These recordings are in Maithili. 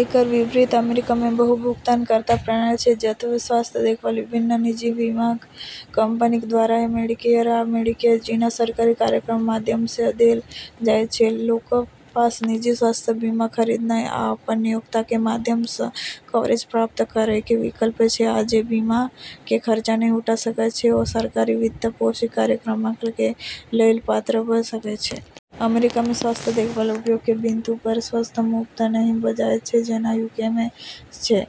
एकर विपरीत अमेरिका मे बहु-भुगतानकर्ता प्रणाली छै जत स्वास्थ्य देखभाल विभिन्न निजी बीमा कंपनीक द्वारा या मेडिकेयर आ मेडिकेड जैना सरकारी कार्यक्रमक माध्यम सऽ देल जायत छै ।लोकक पास निजी स्वास्थ्य बीमा खरीदनाय या अपन नियोक्ता के माध्यम सऽ कवरेज प्राप्त करय के विकल्प छै, आ जे बीमा के खर्चा नहि उठा सकय छै, ओ सरकारी वित्त पोषित कार्यक्रमक कें लेल पात्र भ सकय छै। अमेरिका मे स्वास्थ्य देखभाल उपयोग के बिंदु पर स्वतः मुफ्त नहि भ जायत छै जेना यूके मे छै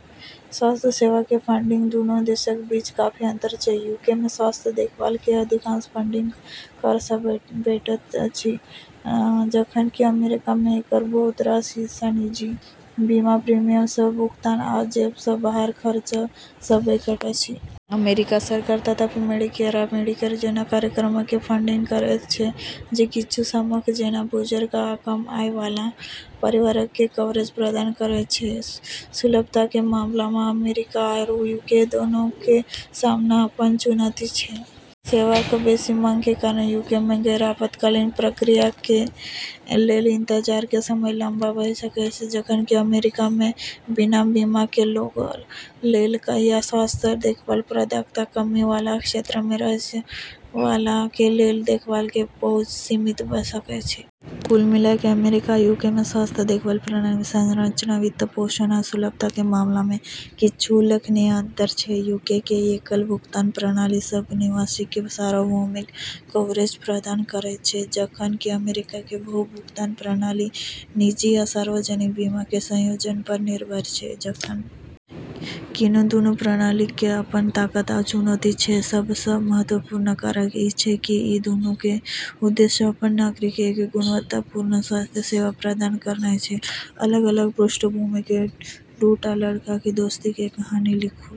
।स्वास्थ्य सेवा के फंडिंग दूनू देशक बीच काफी अंतर छै ।यूके में स्वास्थ्य देखभाल के अधिकांश फंडिंग कर सं भेटैत अछि, जखन कि अमेरिका मे एकर बहुत रास हिस्सा निजी बीमा प्रीमियम, सह-भुगतान, आ जेब सं बाहर खर्च सं भेटैत अछि । अमेरिकी सरकार, तथापि, मेडिकेयर आ मेडिकेड जैना कार्यक्रमक के फंडिंग करएयत छै, जे किच्छू समूहक जेना बुजुर्ग आ कम आय वाला परिवारक कें कवरेज प्रदान करएयत छै ।सुलभता के मामला मऽ अमेरिका आरू यूके दोनों के सामने अपनऽ चुनौती छै। सेवाक के बेसि मांग के कारण यूके मे गैर-आपातकालीन प्रक्रियाक कें लेल इंतजार के समय लंबा भऽ सकय छै, जखन कि अमेरिका मे बिना बीमा कें लोगक लेल या स्वास्थ्य देखभाल प्रदाताक कमी वाला क्षेत्रक मे रहय वाला के लेल देखभाल के पहुंच सीमित भ सकय छै । कुल मिलाकय, अमेरिका आ यूके मे स्वास्थ्य देखभाल प्रणाली मे संरचना, वित्तपोषण आ सुलभता के मामला मे किच्छू उल्लेखनीय अंतर छै । यूके के एकल-भुगतान प्रणाली सब निवासीक के सार्वभौमिक कवरेज प्रदान करयत छै, जखन कि अमेरिका के बहु-भुगतान प्रणाली निजी आ सार्वजनिक बीमा के संयोजन पर निर्भर छै ।जखन कि दूनू प्रणालीक के अपन ताकत आ चुनौती छै, सब सऽ महत्वपूर्ण कारक इ छै की इ दूनू के उद्देश्य अपन नागरिकक के गुणवत्तापूर्ण स्वास्थ्य सेवा प्रदान करनाय छै ।अलग-अलग पृष्ठभूमि के दू टा लड़का के दोस्ती के कहानी लिखू।